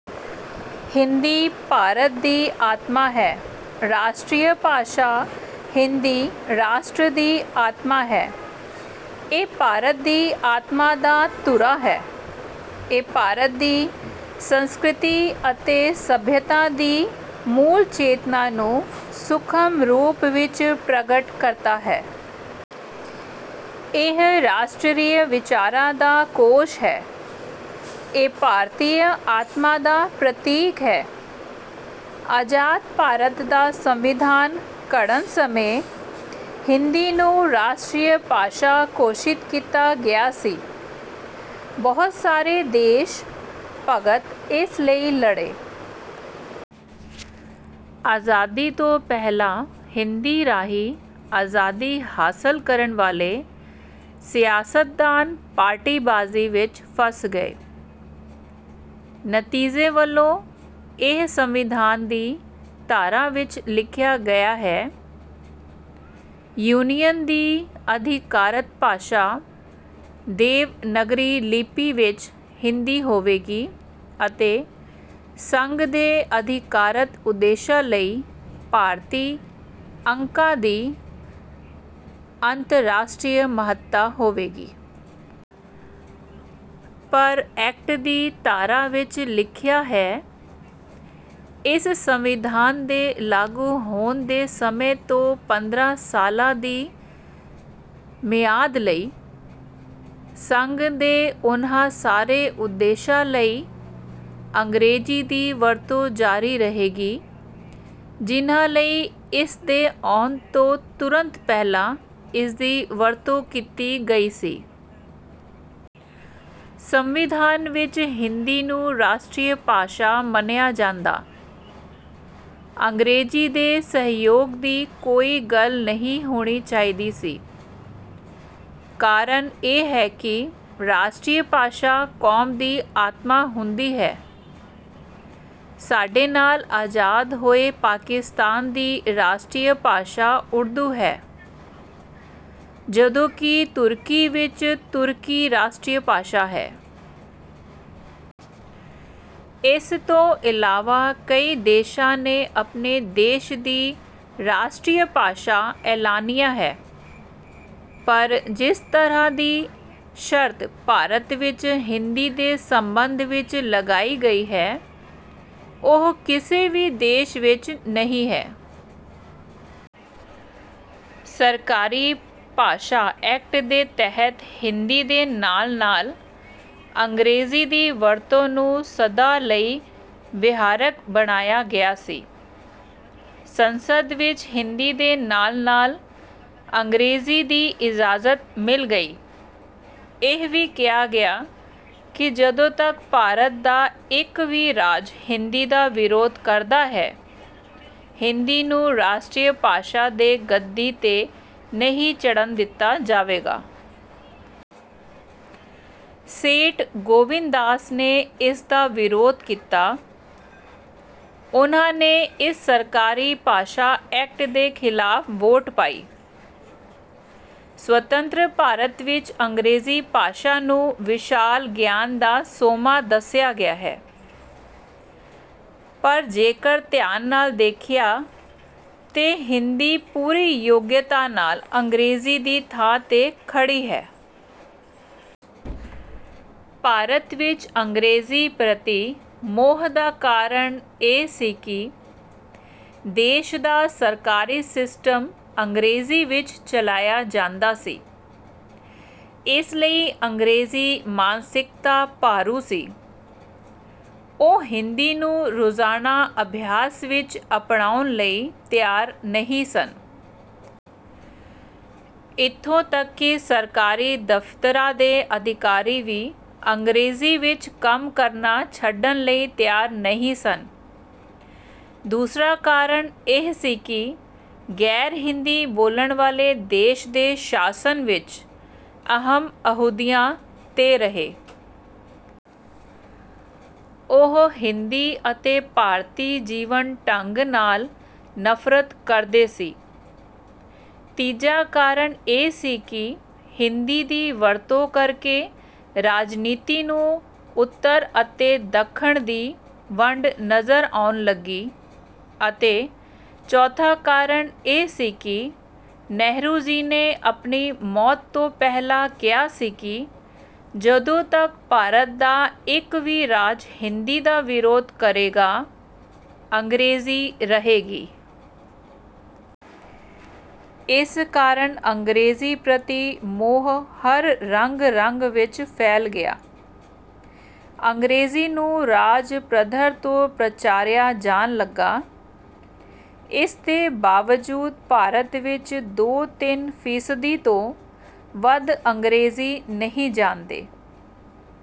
ਹਿੰਦੀ ਭਾਰਤ ਦੀ ਆਤਮਾ ਹੈ ਰਾਸ਼ਟਰੀ ਭਾਸ਼ਾ ਹਿੰਦੀ ਰਾਸ਼ਟਰ ਦੀ ਆਤਮਾ ਹੈ। ਇਹ ਭਾਰਤ ਦੀ ਆਤਮਾ ਦਾ ਧੁਰਾ ਹੈ। ਇਹ ਭਾਰਤ ਦੀ ਸੰਸਕ੍ਰਿਤੀ ਅਤੇ ਸੱਭਿਅਤਾ ਦੀ ਮੂਲ ਚੇਤਨਾ ਨੂੰ ਸੂਖਮ ਰੂਪ ਵਿੱਚ ਪ੍ਰਗਟ ਕਰਦਾ ਹੈ। ਇਹ ਰਾਸ਼ਟਰੀ ਵਿਚਾਰਾਂ ਦਾ ਕੋਸ਼ ਹੈ। ਇਹ ਭਾਰਤੀ ਆਤਮਾ ਦਾ ਪ੍ਰਤੀਕ ਹੈ। ਆਜ਼ਾਦ ਭਾਰਤ ਦਾ ਸੰਵਿਧਾਨ ਘੜਨ ਸਮੇਂ ਹਿੰਦੀ ਨੂੰ ਰਾਸ਼ਟਰੀ ਭਾਸ਼ਾ ਘੋਸ਼ਿਤ ਕੀਤਾ ਗਿਆ ਸੀ। ਬਹੁਤ ਸਾਰੇ ਦੇਸ਼ ਭਗਤ ਇਸ ਲਈ ਲੜੇ। ਆਜ਼ਾਦੀ ਤੋਂ ਪਹਿਲਾਂ ਹਿੰਦੀ ਰਾਹੀਂ ਆਜ਼ਾਦੀ ਹਾਸਲ ਕਰਨ ਵਾਲੇ ਸਿਆਸਤਦਾਨ ਪਾਰਟੀਬਾਜ਼ੀ ਵਿੱਚ ਫਸ ਗਏ। ਨਤੀਜੇ ਵਜੋਂ, ਇਹ ਸੰਵਿਧਾਨ ਦੀ ਧਾਰਾ ਵਿੱਚ ਲਿਖਿਆ ਗਿਆ ਹੈ। ਯੂਨੀਅਨ ਦੀ ਅਧਿਕਾਰਤ ਭਾਸ਼ਾ ਦੇਵਨਾਗਰੀ ਲਿਪੀ ਵਿੱਚ ਹਿੰਦੀ ਹੋਵੇਗੀ ਅਤੇ ਸੰਘ ਦੇ ਅਧਿਕਾਰਤ ਉਦੇਸ਼ਾਂ ਲਈ ਭਾਰਤੀ ਅੰਕਾਂ ਦੀ ਅੰਤਰਰਾਸ਼ਟਰੀ ਮਹੱਤਤਾ ਹੋਵੇਗੀ। ਪਰ ਐਕਟ ਦੀ ਧਾਰਾ ਵਿਚ ਲਿਖਿਆ ਹੈ, 'ਇਸ ਸੰਵਿਧਾਨ ਦੇ ਲਾਗੂ ਹੋਣ ਦੇ ਸਮੇਂ ਤੋਂ ਪੰਦਰਾਂ ਸਾਲਾਂ ਦੀ ਮਿਆਦ ਲਈ, ਸੰਘ ਦੇ ਉਨ੍ਹਾਂ ਸਾਰੇ ਉਦੇਸ਼ਾਂ ਲਈ ਅੰਗਰੇਜ਼ੀ ਦੀ ਵਰਤੋਂ ਜਾਰੀ ਰਹੇਗੀ ਜਿਨ੍ਹਾਂ ਲਈ ਇਸ ਦੇ ਆਉਣ ਤੋਂ ਤੁਰੰਤ ਪਹਿਲਾਂ ਇਸਦੀ ਵਰਤੋਂ ਕੀਤੀ ਗਈ ਸੀ। ਸੰਵਿਧਾਨ ਵਿੱਚ ਹਿੰਦੀ ਨੂੰ ਰਾਸ਼ਟਰੀ ਭਾਸ਼ਾ ਮੰਨਿਆ ਜਾਂਦਾ। ਅੰਗਰੇਜ਼ੀ ਦੇ ਸਹਿਯੋਗ ਦੀ ਕੋਈ ਗੱਲ ਨਹੀਂ ਹੋਣੀ ਚਾਹੀਦੀ ਸੀ। ਕਾਰਨ ਇਹ ਹੈ ਕਿ ਰਾਸ਼ਟਰੀ ਭਾਸ਼ਾ ਕੌਮ ਦੀ ਆਤਮਾ ਹੁੰਦੀ ਹੈ। ਸਾਡੇ ਨਾਲ ਆਜ਼ਾਦ ਹੋਏ ਪਾਕਿਸਤਾਨ ਦੀ ਰਾਸ਼ਟਰੀ ਭਾਸ਼ਾ ਉਰਦੂ ਹੈ, ਜਦੋਂ ਕਿ ਤੁਰਕੀ ਵਿੱਚ ਤੁਰਕੀ ਰਾਸ਼ਟਰੀ ਭਾਸ਼ਾ ਹੈ। ਇਸ ਤੋਂ ਇਲਾਵਾ ਕਈ ਦੇਸ਼ਾਂ ਨੇ ਆਪਣੇ ਦੇਸ਼ ਦੀ ਰਾਸ਼ਟਰੀ ਭਾਸ਼ਾ ਐਲਾਨਿਆ ਹੈ ਪਰ ਜਿਸ ਤਰ੍ਹਾਂ ਦੀ ਸ਼ਰਤ ਭਾਰਤ ਵਿਚ ਹਿੰਦੀ ਦੇ ਸਬੰਧ ਵਿਚ ਲਗਾਈ ਗਈ ਹੈ, ਉਹ ਕਿਸੇ ਵੀ ਦੇਸ਼ ਵਿਚ ਨਹੀਂ ਹੈ। ਸਰਕਾਰੀ ਭਾਸ਼ਾ ਐਕਟ ਦੇ ਤਹਿਤ ਹਿੰਦੀ ਦੇ ਨਾਲ-ਨਾਲ ਅੰਗਰੇਜ਼ੀ ਦੀ ਵਰਤੋਂ ਨੂੰ ਸਦਾ ਲਈ ਵਿਹਾਰਕ ਬਣਾਇਆ ਗਿਆ ਸੀ। ਸੰਸਦ ਵਿਚ ਹਿੰਦੀ ਦੇ ਨਾਲ-ਨਾਲ ਅੰਗਰੇਜ਼ੀ ਦੀ ਇਜਾਜ਼ਤ ਮਿਲ ਗਈ। ਇਹ ਵੀ ਕਿਹਾ ਗਿਆ ਕਿ ਜਦੋਂ ਤੱਕ ਭਾਰਤ ਦਾ ਇੱਕ ਵੀ ਰਾਜ ਹਿੰਦੀ ਦਾ ਵਿਰੋਧ ਕਰਦਾ ਹੈ, ਹਿੰਦੀ ਨੂੰ ਰਾਸ਼ਟਰੀ ਭਾਸ਼ਾ ਦੇ ਗੱਦੀ 'ਤੇ ਨਹੀਂ ਚੜ੍ਹਨ ਦਿੱਤਾ ਜਾਵੇਗਾ। ਸੇਠ ਗੋਵਿੰਦਦਾਸ ਨੇ ਇਸ ਦਾ ਵਿਰੋਧ ਕੀਤਾ। ਉਹਨਾਂ ਨੇ ਇਸ ਸਰਕਾਰੀ ਭਾਸ਼ਾ ਐਕਟ ਦੇ ਖਿਲਾਫ ਵੋਟ ਪਾਈ। ਸੁਤੰਤਰ ਭਾਰਤ ਵਿੱਚ ਅੰਗਰੇਜ਼ੀ ਭਾਸ਼ਾ ਨੂੰ ਵਿਸ਼ਾਲ ਗਿਆਨ ਦਾ ਸੋਮਾ ਦੱਸਿਆ ਗਿਆ ਹੈ, ਪਰ ਜੇਕਰ ਧਿਆਨ ਨਾਲ ਦੇਖੀਏ ਤਾਂ ਹਿੰਦੀ ਪੂਰੀ ਯੋਗਤਾ ਨਾਲ ਅੰਗਰੇਜ਼ੀ ਦੀ ਥਾਂ 'ਤੇ ਖੜ੍ਹੀ ਹੈ। ਭਾਰਤ ਵਿੱਚ ਅੰਗਰੇਜ਼ੀ ਪ੍ਰਤੀ ਮੋਹ ਦਾ ਕਾਰਨ ਇਹ ਸੀ ਕਿ ਦੇਸ਼ ਦਾ ਸਰਕਾਰੀ ਸਿਸਟਮ ਅੰਗਰੇਜ਼ੀ ਵਿੱਚ ਚਲਾਇਆ ਜਾਂਦਾ ਸੀ। ਇਸ ਲਈ ਅੰਗਰੇਜ਼ੀ ਮਾਨਸਿਕਤਾ ਭਾਰੂ ਸੀ। ਉਹ ਹਿੰਦੀ ਨੂੰ ਰੋਜ਼ਾਨਾ ਅਭਿਆਸ ਵਿੱਚ ਅਪਣਾਉਣ ਲਈ ਤਿਆਰ ਨਹੀਂ ਸਨ। ਇੱਥੋਂ ਤੱਕ ਕਿ ਸਰਕਾਰੀ ਦਫ਼ਤਰਾਂ ਦੇ ਅਧਿਕਾਰੀ ਵੀ ਅੰਗਰੇਜ਼ੀ ਵਿੱਚ ਕੰਮ ਕਰਨਾ ਛੱਡਣ ਲਈ ਤਿਆਰ ਨਹੀਂ ਸਨ। ਦੂਸਰਾ ਕਾਰਨ ਇਹ ਸੀ ਕਿ ਗੈਰ-ਹਿੰਦੀ ਬੋਲਣ ਵਾਲੇ ਦੇਸ਼ ਦੇ ਸ਼ਾਸਨ ਵਿਚ ਅਹਿਮ ਅਹੁਦਿਆਂ 'ਤੇ ਰਹੇ। ਉਹ ਹਿੰਦੀ ਅਤੇ ਭਾਰਤੀ ਜੀਵਨ ਢੰਗ ਨਾਲ ਨਫ਼ਰਤ ਕਰਦੇ ਸੀ। ਤੀਜਾ ਕਾਰਨ ਇਹ ਸੀ ਕਿ ਹਿੰਦੀ ਦੀ ਵਰਤੋਂ ਕਰਕੇ ਰਾਜਨੀਤੀ ਨੂੰ ਉੱਤਰ ਅਤੇ ਦੱਖਣ ਦੀ ਵੰਡ ਨਜ਼ਰ ਆਉਣ ਲੱਗੀ ਅਤੇ ਚੌਥਾ ਕਾਰਨ ਇਹ ਸੀ ਕਿ ਨਹਿਰੂ ਜੀ ਨੇ ਆਪਣੀ ਮੌਤ ਤੋਂ ਪਹਿਲਾਂ ਕਿਹਾ ਸੀ ਕਿ ਜਦੋਂ ਤੱਕ ਭਾਰਤ ਦਾ ਇੱਕ ਵੀ ਰਾਜ ਹਿੰਦੀ ਦਾ ਵਿਰੋਧ ਕਰੇਗਾ, ਅੰਗਰੇਜ਼ੀ ਰਹੇਗੀ। ਇਸ ਕਾਰਨ ਅੰਗਰੇਜ਼ੀ ਪ੍ਰਤੀ ਮੋਹ ਹਰ ਰਗ-ਰਗ ਵਿਚ ਫੈਲ ਗਿਆ। ਅੰਗਰੇਜ਼ੀ ਨੂੰ ਰਾਜ ਪੱਧਰ 'ਤੇ ਪ੍ਰਚਾਰਿਆ ਜਾਣ ਲੱਗਾ। ਇਸ ਦੇ ਬਾਵਜੂਦ ਭਾਰਤ ਵਿੱਚ ਦੋ-ਤਿੰਨ ਫ਼ੀਸਦੀ ਤੋਂ ਵੱਧ ਅੰਗਰੇਜ਼ੀ ਨਹੀਂ ਜਾਣਦੇ।